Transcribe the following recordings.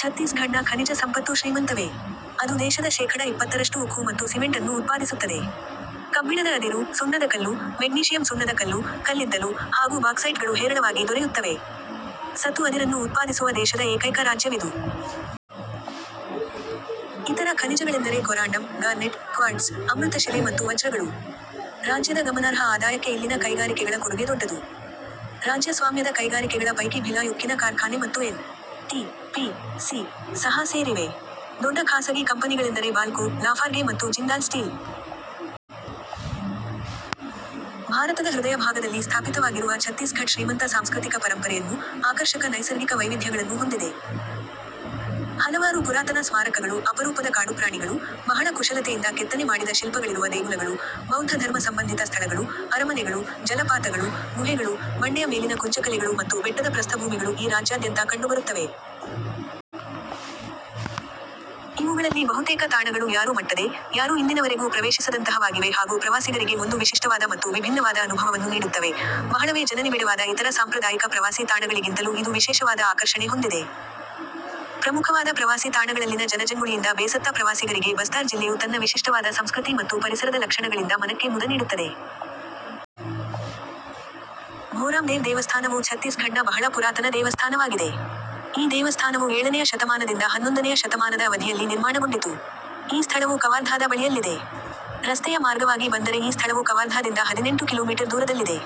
ಛತ್ತೀಸ್ ಘಡ್ ನ ಖನಿಜ ಸಂಪತ್ತೂ ಶ್ರೀಮಂತವೇ. ಅದು ದೇಶದ ಶೇಖಡ ಇಪ್ಪತ್ತರಷ್ಟು ಉಕ್ಕು ಮತ್ತು ಸಿಮೆಂಟ್ ಅನ್ನು ಉತ್ಪಾದಿಸುತ್ತದೆ. ಕಬ್ಬಿಣದ ಅದಿರು, ಸುಣ್ಣದಕಲ್ಲು, ಮೆಗ್ನೀಶಿಯಮ್ ಸುಣ್ಣದ ಕಲ್ಲು, ಕಲ್ಲಿದ್ದಲು, ಹಾಗೂ ಬಾಕ್ಸೈಟ್ ಗಳು ಹೇರಳವಾಗಿ ದೊರೆಯುತ್ತವೆ. ಸತು ಅದಿರನ್ನು ಉತ್ಪಾದಿಸುವ ದೇಶದ ಏಕೈಕ ರಾಜ್ಯವಿದು. ಇತರ ಖನಿಜಗಳೆಂದರೆ ಕೊರಾಂಡಮ್, ಗಾರ್ನೆಟ್, ಕ್ವಾರ್ಟ್ಝ್, ಅಮೃತಶಿಲೆ ಮತ್ತು ವಜ್ರಗಳು. ರಾಜ್ಯದ ಗಮನಾರ್ಹ ಆದಾಯಕ್ಕೆ ಇಲ್ಲಿನ ಕೈಗಾರಿಕೆಗಳ ಕೊಡುಗೆ ದೊಡ್ಡದು. ರಾಜ್ಯ-ಸ್ವಾಮ್ಯದ ಕೈಗಾರಿಕೆಗಳ ಪೈಕಿ ಭಿಲಾಯ್ ಉಕ್ಕಿನ ಕಾರ್ಖಾನೆ ಮತ್ತು ಎನ್. ಟಿ. ಪಿ. ಸಿ. ಸಹ ಸೇರಿವೆ. ದೊಡ್ಡ ಖಾಸಗಿ ಕಂಪನಿಗಳೆಂದರೆ ಬಾಲ್ಕೋ, ಲಾಫಾರ್ಗೆ ಮತ್ತು ಜಿಂದಾಲ್ ಸ್ಟೀಲ್. ಭಾರತದ ಹೃದಯಭಾಗದಲ್ಲಿ ಸ್ಥಾಪಿತವಾಗಿರುವ ಛತ್ತೀಸ್ ಘಡ್ ಶ್ರೀಮಂತ ಸಾಂಸ್ಕೃತಿಕ ಪರಂಪರೆಯನ್ನೂ, ಆಕರ್ಷಕ ನೈಸರ್ಗಿಕ ವೈವಿಧ್ಯಗಳನ್ನೂ ಹೊಂದಿದೆ. ಹಲವಾರು ಪುರಾತನ ಸ್ಮಾರಕಗಳು, ಅಪರೂಪದ ಕಾಡುಪ್ರಾಣಿಗಳು, ಬಹಳ ಕುಶಲತೆಯಿಂದ ಕೆತ್ತನೆ ಮಾಡಿದ ಶಿಲ್ಪಗಳಿರುವ ದೇಗುಲಗಳು, ಬೌದ್ಧ ಧರ್ಮ ಸಂಬಂಧಿತ ಸ್ಥಳಗಳು, ಅರಮನೆಗಳು, ಜಲಪಾತಗಳು, ಗುಹೆಗಳು, ಬಂಡೆಯ ಮೇಲಿನ ಕುಂಚಕಲೆಗಳು ಮತ್ತು ಬೆಟ್ಟದ ಪ್ರಸ್ಥಭೂಮಿಗಳು ಈ ರಾಜ್ಯಾದ್ಯಂತ ಕಂಡುಬರುತ್ತವೆ. ಇವುಗಳಲ್ಲಿ ಬಹುತೇಕ ತಾಣಗಳು ಯಾರೂ ಮಟ್ಟದೆ, ಯಾರೂ ಇಂದಿನವರೆಗೂ ಪ್ರವೇಶಿಸದಂತಹವಾಗಿವೆ ಹಾಗೂ ಪ್ರವಾಸಿಗರಿಗೆ ಒಂದು ವಿಶಿಷ್ಟವಾದ ಮತ್ತು ವಿಭಿನ್ನವಾದ ಅನುಭವವನ್ನು ನೀಡುತ್ತವೆ; ಬಹಳವೇ ಜನನಿಬಿಡವಾದ ಇತರ ಸಾಂಪ್ರದಾಯಿಕ ಪ್ರವಾಸಿ ತಾಣಗಳಿಗಿಂತಲೂ ಇದು ವಿಶೇಷವಾದ ಆಕರ್ಷಣೆ ಹೊಂದಿದೆ. ಪ್ರಮುಖವಾದ ಪ್ರವಾಸಿ ತಾಣಗಳಲ್ಲಿನ ಜನಜಂಗುಳಿಯಿಂದ ಬೇಸತ್ತ ಪ್ರವಾಸಿಗರಿಗೆ ಬಸ್ತಾರ್ ಜಿಲ್ಲೆಯು ತನ್ನ ವಿಶಿಷ್ಟವಾದ ಸಂಸ್ಕೃತಿ ಮತ್ತು ಪರಿಸರದ ಲಕ್ಷಣಗಳಿಂದ ಮನಕ್ಕೆ ಮುದ ನೀಡುತ್ತದೆ. ಭೋರಾಮ್ ದೇವ್ ದೇವಸ್ಥಾನವೂ ಛತ್ತೀಸ್ ಘಡ್ ನ ಬಹಳ ಪುರಾತನ ದೇವಸ್ಥಾನವಾಗಿದೆ. ಈ ದೇವಸ್ಥಾನವು ಏಳನೆಯ ಶತಮಾನದಿಂದ ಹನ್ನೊಂದನೆಯ ಶತಮಾನದ ಅವಧಿಯಲ್ಲಿ ನಿರ್ಮಾಣಗೊಂಡಿತು. ಈ ಸ್ಥಳವು ಕವಾರ್ಧಾದ ಬಳಿಯಲ್ಲಿದೆ. ರಸ್ತೆಯ ಮಾರ್ಗವಾಗಿ ಬಂದರೆ ಈ ಸ್ಥಳವು ಕವಾರ್ಧಾದಿಂದ ಹದಿನೆಂಟು ಕಿಲೋಮೀಟರ್ ದೂರದಲ್ಲಿದೆ.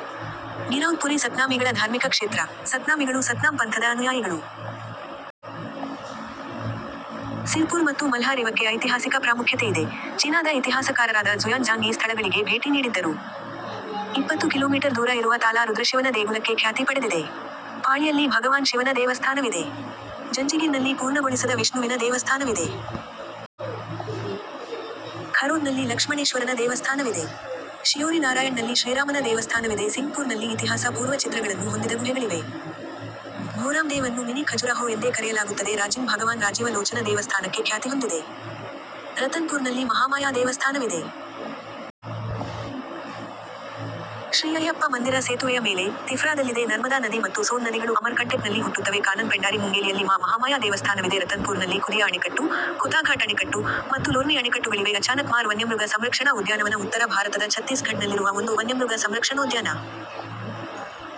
ಗಿರೌಧ್ ಪುರಿ ಸತ್ನಾಮೀಗಳ ಧಾರ್ಮಿಕ ಕ್ಷೇತ್ರ; ಸತ್ನಾಮಿಗಳು ಸತ್ನಾಮ್ ಪಂಥದ ಅನುಯಾಯಿಗಳು. ಸಿರ್ ಪುರ್ ಮತ್ತು ಮಲ್ಹಾರ್ ಇವಕ್ಕೆ ಐತಿಹಾಸಿಕ ಪ್ರಾಮುಖ್ಯತೆಯಿದೆ; ಚೀನಾದ ಇತಿಹಾಸಕಾರರಾದ ಝುಯಾನ್ ಝಾಂಗ್ ಈ ಸ್ಥಳಗಳಿಗೆ ಭೇಟಿ ನೀಡಿದ್ದರು. ಇಪ್ಪತ್ತು ಕಿಲೋಮೀಟರ್ ದೂರ ಇರುವ ತಾಲಾ ರುದ್ರಶಿವನ ದೇಗುಲಕ್ಕೆ ಖ್ಯಾತಿ ಪಡೆದಿದೆ. ಪಾಳಿಯಲ್ಲಿ ಭಗವಾನ್ ಶಿವನ ದೇವಸ್ಥಾನವಿದೆ. ಜಂಜಿಗಿರ್ ನಲ್ಲಿ ಪೂರ್ಣಗೊಳಿಸದ ವಿಷ್ಣುವಿನ ದೇವಸ್ಥಾನವಿದೆ. ಖರೋದ್ ನಲ್ಲಿ ಲಕ್ಷ್ಮಣೇಶ್ವರನ ದೇವಸ್ಥಾನವಿದೆ. ಶಿಯೋರಿ ನಾರಾಯಣ್ ನಲ್ಲಿ ಶ್ರೀರಾಮನ ದೇವಸ್ಥಾನವಿದೆ ಸಿಂಘ್ ಪುರ್ ನಲ್ಲಿ ಇತಿಹಾಸ-ಪೂರ್ವ ಚಿತ್ರಗಳನ್ನು ಹೊಂದಿದ ಗುಹೆಗಳಿವೆ. ಭೋರಾಮ್ ದೇವ್ ಅನ್ನು ಮಿನಿ ಖಜುರಾಹೋ ಎಂದೇ ಕರೆಯಲಾಗುತ್ತದೆ ರಾಜಿಮ್ ಭಗವಾನ್ ರಾಜೀವ ಲೋಚನ ದೇವಸ್ಥಾನಕ್ಕೆ ಖ್ಯಾತಿಹೊಂದಿದೆ. ರತನ್ ಪುರ್ ನಲ್ಲಿ ಮಹಾಮಾಯಾ ದೇವಸ್ಥಾನವಿದೆ. ಶ್ರೀ ಅಯ್ಯಪ್ಪ ಮಂದಿರ ಸೇತುವೆಯ ಮೇಲೆ, ತಿಫ್ರಾದಲ್ಲಿದೆ ನರ್ಮದಾ ನದಿ ಮತ್ತು ಸೋನ್ ನದಿಗಳು ಅಮರ್ ಕಂಟಕ್ ನಲ್ಲಿ ಹುಟ್ಟುತ್ತವೆ ಕಾನನ್ ಪೆಂಡಾರಿ ಮುಂಗೇಲಿಯಲ್ಲಿ ಮಾ ಮಹಾಮಾಯಾ ದೇವಸ್ಥಾನವಿದೆ ರತನ್ ಪುರ್ ನಲ್ಲಿ ಖುದಿಯಾ ಅಣೆಕಟ್ಟು, ಖುತಾಘಾಟ್ ಅಣೆಕಟ್ಟು, ಮತ್ತು ಲೋರ್ಮಿ ಅಣೆಕಟ್ಟುಗಳಿವೆ ಅಚಾನಕ್ ಮಾರ್ ವನ್ಯಮೃಗ ಸಂರಕ್ಷಣಾ ಉದ್ಯಾನವನ ಉತ್ತರ ಭಾರತದ ಛತ್ತೀಸ್ ಘಡ್ ನಲ್ಲಿರುವ ಒಂದು ವನ್ಯಮೃಗ ಸಂರಕ್ಷಣೋದ್ಯಾನ.